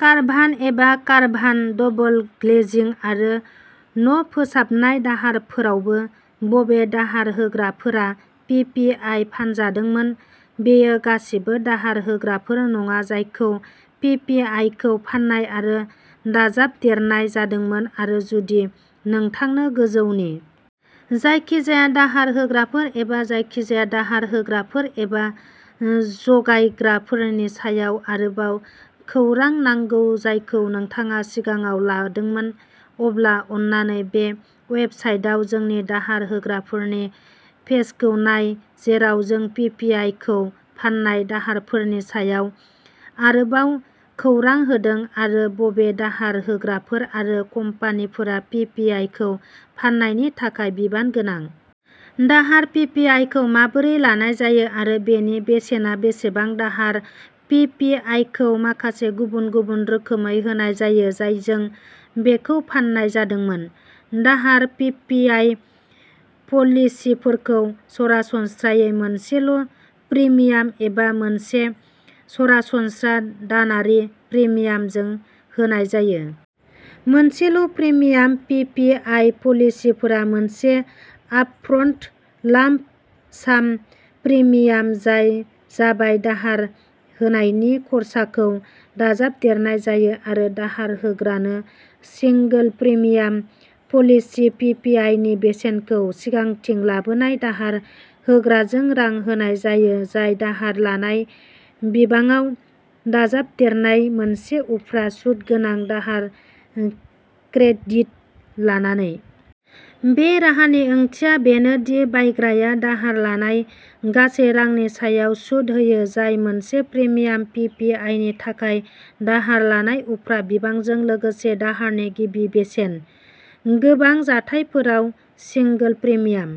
कारभान एबा caravan, double ग्लेजिं, आरो न'फोसाबनाय दाहारफोरावबो। बबे दाहार होग्राफोरा पि पि आइ फानजादोंमोन बेयो गासिबो दाहार होग्राफोर नङा जायखौ पि पि आइ खौ फान्नाय आरो दाजाबदेरनाय जादोंमोन आरो जुदि नोंथांनो गोजौनि जायखिजाया दाहार होग्राफोर एबा जायखिजाया दाहार होग्राफोर एबा जगायग्राफोरनि सायाव आरोबाव खौरां नांगौ जायखौ नोंथाङा सिगाङाव लादोंमोन, अब्ला अन्नानै बे वेबसाइटआव जोंनि दाहार होग्राफोरनि पेजखौ नाय जेराव जों पि पि आइ खौ फान्नाय दाहारफोरनि सायाव आरोबाव खौरां होदों आरो बबे दाहार होग्राफोर आरो कम्पानिफोरा पि पि आइ खौ फान्नायनि थाखाय बिबान गोनां। दाहार पि पि आइ खौ माबोरै लानाय जायो आरो बेनि बेसेना बेसेबां दाहार पि पि आइ खौ माखासे गुबुन-गुबुन रोखोमै होनाय जायो, जायजों बेखौ फान्नाय जादोंमोन। दाहार पि पि आइ पलिसिफोरखौ सरासनस्रायै मोनसेल' प्रिमियाम एबा मोनसे सरासनस्रा दानारि प्रिमियामजों होनाय जायो। मोनसेल' प्रिमियाम पि पि आइ पलिसिफोरा मोनसे आपफ्रन्ट लाम्प-साम प्रिमियाम जाय जाबाय दाहार होनायनि खरसाखौ दाजाबदेरनाय जायो आरो दाहार होग्रानो single premium policy P P I नि बेसेनखौ सिगांथिं लाबोनाय दाहार होग्राजों रां होनाय जायो, जाय दाहार लानाय बिबाङाव दाजाबदेरनाय मोनसे उफ्रा सुत गोनां दाहार क्रेडिट लानानै। बे राहानि ओंथिया बेनो दि बायग्राया दाहार लानाय गासै रांनि सायाव सुद होयो, जाय मोनसे प्रिमियाम पि पि आइ नि थाखाय दाहार लानाय उफ्रा बिबांजों लोगोसे दाहारनि गिबि बेसेन। गोबां जाथायफोराव single premium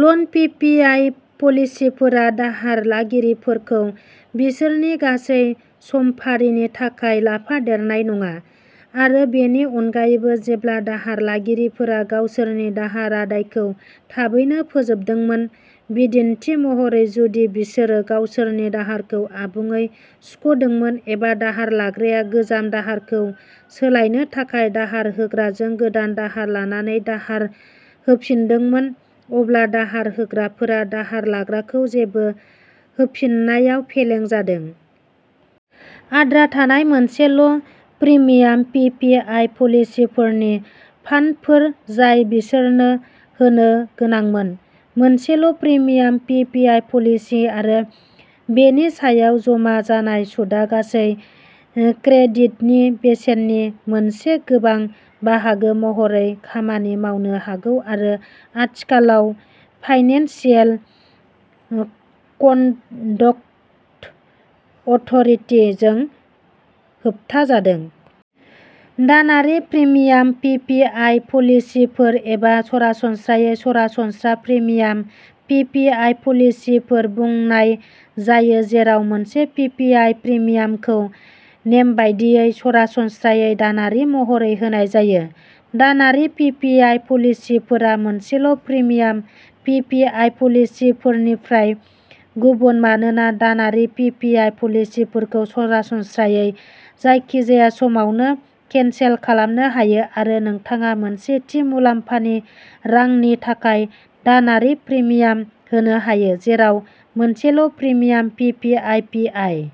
loan P P I पलिसिफोरा दाहार लागिरिफोरखौ बिसोरनि गासै समफारिनि थाखाय लाफादेरनाय नङा, आरो बेनि अनगायैबो जेब्ला दाहार लागिरिफोरा गावसोरनि दाहार रादायखौ थाबैनो फोजोबदोंमोन, बिदिन्थि महरै जुदि बिसोरो गावसोरनि दाहारखौ आबुङै सुख'दोंमोन एबा दाहार लाग्राया गोजाम दाहारखौ सोलायनो थाखाय दाहार होग्राजों गोदान दाहार लानानै दाहार होफिन्दोंमोन, अब्ला दाहार होग्राफोरा दाहार लाग्राखौ जेबो होफिन्नायाव फेलें जादों। आद्रा थानाय मोनसेल' प्रिमियाम पि पि आइ पलिसिफोरनि फान्डफोर जाय बिसोरनो होनो गोनांमोन। मोनसेल' premium P P I policy आरो बेनि सायाव जमा जानाय सुदआ गासै क्रेडिटनि बेसेननि मोनसे गोबां बाहागो महरै खामानि मावनो हागौ आरो आथिखालाव फाइनेन्सियेल कन्डक्ट अथ'रिटि जों होबथाजादों। दानारि प्रिमियाम पि पि आइ पलिसिफोर एबा सरासनस्रायै सरासनस्रा प्रिमियाम पि पि आइ पलिसिफोर बुंनाय जायो जेराव मोनसे पि पि आइ प्रिमियामखौ नेमबादियै, सरासनस्रायै दानारि महरै होनाय जायो। दानारि पि पि आइ पलिसिफोरा मोनसेल' प्रिमियाम पि पि आइ पलिसिफोरनिफ्राय गुबुन मानोना दानारि पि पि आइ पलिसिफोरखौ सरासनस्रायै जायखिजाया समावनो केनसेल खालामनो हायो, आरो नोंथाङा मोनसे थि मुलाम्फानि रांनि थाखाय दानारि प्रिमियाम होनो हायो। जेराव मोनसेल' premium P P I P I